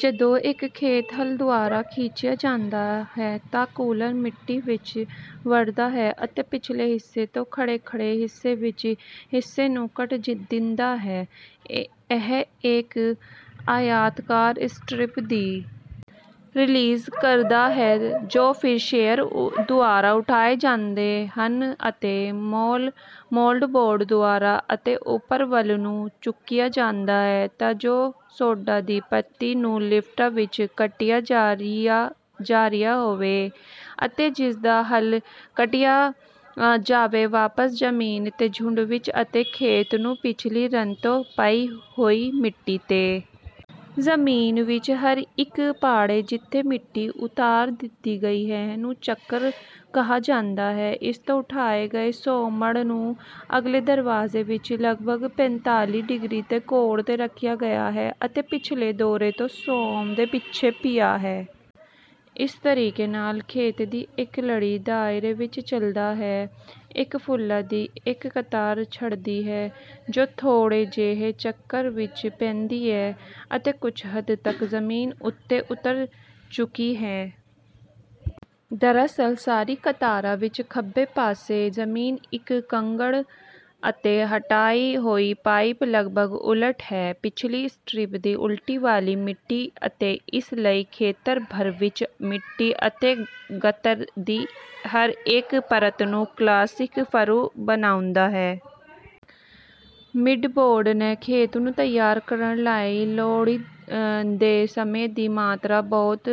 ਜਦੋਂ ਇੱਕ ਖੇਤ ਹਲ ਦੁਆਰਾ ਖਿੱਚਿਆ ਜਾਂਦਾ ਹੈ ਤਾਂ ਕੂਲਰ ਮਿੱਟੀ ਵਿੱਚ ਵੱਢਦਾ ਹੈ ਅਤੇ ਪਿਛਲੇ ਹਿੱਸੇ ਤੋਂ ਖੜ੍ਹੇ ਖੜ੍ਹੇ ਹਿੱਸੇ ਵਿੱਚ ਹਿੱਸੇ ਨੂੰ ਕੱਟ ਦਿੰਦਾ ਹੈ। ਇਹ ਇੱਕ ਆਇਤਾਕਾਰ ਸਟਰਿੱਪ ਦੀ ਰਿਲੀਜ਼ ਕਰਦਾ ਹੈ ਜੋ ਫਿਰ ਸ਼ੇਅਰ ਦੁਆਰਾ ਉਠਾਏ ਜਾਂਦੇ ਹਨ ਅਤੇ ਮੋਲਡਬੋਰਡ ਦੁਆਰਾ ਅਤੇ ਉੱਪਰ ਵੱਲ ਨੂੰ ਚੁੱਕਿਆ ਜਾਂਦਾ ਹੈ ਤਾਂ ਜੋ ਸੋਢਾ ਦੀ ਪੱਤੀ ਨੂੰ ਲਿਫਟਾਂ ਵਿੱਚ ਕੱਟਿਆ ਜਾ ਰਿਹਾ ਹੋਵੇ ਅਤੇ ਜਿਸਦਾ ਹਲ ਕੱਢਿਆ ਜਾਵੇ ਵਾਪਸ ਜ਼ਮੀਨ ਤੇ ਝੁੰਡ ਵਿੱਚ ਅਤੇ ਖੇਤ ਨੂੰ ਪਿਛਲੀ ਰਨ ਤੋਂ ਪਈ ਹੋਈ ਮਿੱਟੀ ਤੇ। ਜ਼ਮੀਨ ਵਿੱਚ ਹਰ ਇੱਕ ਪਾੜੇ ਜਿੱਥੇ ਮਿੱਟੀ ਉਤਾਰ ਦਿੱਤੀ ਗਈ ਹੈ ਅਤੇ ਨੂੰ ਚੱਕਰ ਕਿਹਾ ਜਾਂਦਾ ਹੈ। ਇਸ ਤੋਂ ਉਠਾਏ ਗਏ ਸੋਮੜ ਨੂੰ ਅਗਲੇ ਦਰਵਾਜ਼ੇ ਵਿੱਚ ਲਗਭਗ ਪੰਜਤਾਲੀ ਡਿਗਰੀ ਦੇ ਕੋਣ ਤੇ ਰੱਖਿਆ ਗਿਆ ਹੈ ਅਤੇ ਪਿਛਲੇ ਦੌਰੇ ਤੋਂ ਸੋਮ ਦੇ ਪਿੱਛੇ ਪਿਆ ਹੈ। ਇਸ ਤਰੀਕੇ ਨਾਲ ਖੇਤ ਦੀ ਇੱਕ ਲੜੀ ਦਾਇਰੇ ਵਿੱਚ ਚਲਦਾ ਹੈ ਇੱਕ ਫੁੱਲਾਂ ਦੀ ਇੱਕ ਕਤਾਰ ਛੱਡਦੀ ਹੈ ਜੋ ਥੋੜ੍ਹੇ ਜਿਹੇ ਚੱਕਰ ਵਿੱਚ ਪੈਂਦੀ ਹੈ ਅਤੇ ਕੁਝ ਹੱਦ ਤੱਕ ਜ਼ਮੀਨ ਉੱਤੇ ਉਤਰ ਚੁੱਕੀ ਹੈ। ਦਰਅਸਲ ਸਾਰੀ ਕਤਾਰਾਂ ਵਿੱਚ ਖੱਬੇ ਪਾਸੇ ਜ਼ਮੀਨ ਇੱਕ ਕੰਗਣ ਅਤੇ ਹਟਾਈ ਹੋਈ ਪਈਪ ਲਗਭਗ ਉਲਟ ਹੈ ਪਿਛਲੀ ਸਟਰਿਪ ਦੀ ਉਲਟੀ ਵਾਲੀ ਮਿੱਟੀ ਅਤੇ ਇਸ ਲਈ ਖੇਤਰ ਭਰ ਵਿੱਚ। ਮਿੱਟੀ ਅਤੇ ਗਤਰ ਦੇ ਹਰ ਇੱਕ ਪਰਤ ਨੂੰ ਕਲਾਸਿਕ ਫਰੂ ਬਣਾਉਦਾ ਹੈ। ਮਿੱਡ ਬੋਰਡ ਨੇ ਖੇਤ ਨੂੰ ਤਿਆਰ ਕਰਨ ਲਈ ਲੋੜੀਂਦੇ ਸਮੇਂ ਦੀ ਮਾਤਰਾ ਬਹੁਤ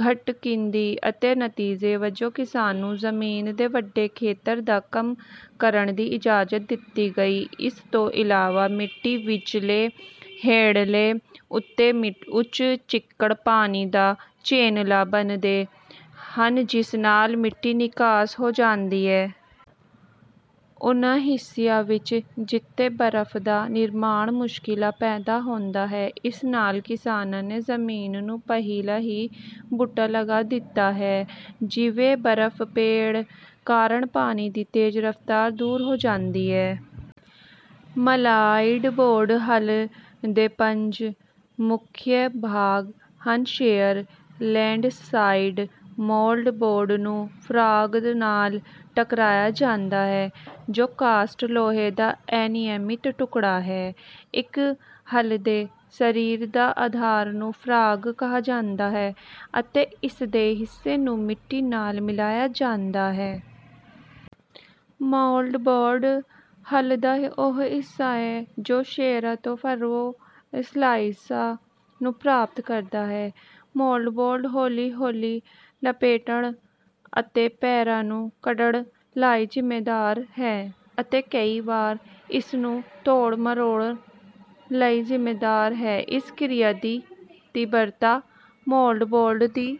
ਘੱਟ ਕੀਤੀ ਅਤੇ ਨਤੀਜੇ ਵਜੋਂ ਕਿਸਾਨ ਨੂੰ ਜ਼ਮੀਨ ਦੇ ਵੱਡੇ ਖੇਤਰ ਦਾ ਕੰਮ ਕਰਨ ਦੀ ਆਗਿਆ ਦਿੱਤੀ ਗਈ। ਇਸ ਤੋਂ ਇਲਾਵਾ ਮਿੱਟੀ ਵਿੱਚਲੇ ਹੇਠਲੇ ਅਤੇ ਉੱਚ ਚਿੱਕੜ ਪਾਣੀ ਦਾ ਚੈਨਲਾਂ ਬਣਦੇ ਹਨ ਜਿਸ ਨਾਲ ਮਿੱਟੀ ਨਿਕਾਸ ਹੋ ਜਾਂਦੀ ਹੈ। ਉਨ੍ਹਾਂ ਹਿੱਸਿਆਂ ਵਿੱਚ ਜਿੱਥੇ ਬਰਫ ਦਾ ਨਿਰਮਾਣ ਮੁਸ਼ਕਲਾਂ ਪੈਦਾ ਹੁੰਦਾ ਹੈ ਇਸ ਨਾਲ ਕਿਸਾਨਾਂ ਨੇ ਜ਼ਮੀਨ ਨੂੰ ਪਹਿਲਾਂ ਹੀ ਬੂਟਾ ਲਗਾ ਦਿੱਤਾ ਹੈ ਜਿਵੇਂ ਬਰਫ ਪੈਣ ਕਾਰਨ ਪਾਣੀ ਦੀ ਤੇਜ਼ ਰਫਤਾਰ ਦੂਰ ਹੋ ਜਾਂਦੀ ਹੈ। ਮਲਾਈਡਬੋਰਡ ਹਲ ਦੇ ਪੰਜ ਮੁੱਖ ਭਾਗ ਹਨ ਸ਼ੇਅਰ ਲੈਂਡਸਾਈਡ ਮੋਲਡ ਬੋਰਡ ਨੂੰ ਫਰੌਗ ਨਾਲ ਟਕਰਾਇਆ ਜਾਂਦਾ ਹੈ ਜੋ ਕਾਸਟ ਲੋਹੇ ਦਾ ਅਨਿਯਮਤ ਟੁਕੜਾ ਹੈ। ਇੱਕ ਹਲ ਦੇ ਸ਼ਰੀਰ ਦਾ ਅਧਾਰ ਨੂੰ ਫਰੌਗ ਕਿਹਾ ਜਾਂਦਾ ਹੈ ਅਤੇ ਇਸਦੇ ਹਿੱਸੇ ਨੂੰ ਮਿੱਟੀ ਨਾਲ ਮਿਲਾਇਆ ਜਾਂਦਾ ਹੈ। ਮੋਲਡਬੋਰਡ ਹਲ ਦਾ ਉਹ ਹਿੱਸਾ ਹੈ ਜੋ ਸ਼ੇਅਰਾਂ ਤੋਂ ਫਰਓ ਸਲਾਇਸਾਂ ਨੂੰ ਪ੍ਰਾਪਤ ਕਰਦਾ ਹੈ। ਮੋਲਡਬੋਰਡ ਹੌਲੀ ਹੌਲੀ ਲਪੇਟਣ ਅਤੇ ਪੈਰਾਂ ਨੂੰ ਕੱਟਣ ਲਈ ਜ਼ਿੰਮੇਵਾਰ ਹੈ ਅਤੇ ਕਈ ਵਾਰ ਇਸ ਨੂੰ ਤੋੜ ਮਰੋੜਨ ਲਈ ਜ਼ਿੰਮੇਵਾਰ ਹੈ। ਇਸ ਕਿਰਿਆ ਦੀ ਤੀਬਰਤਾ ਮੋਲਡਬੋਰਡ ਦੀ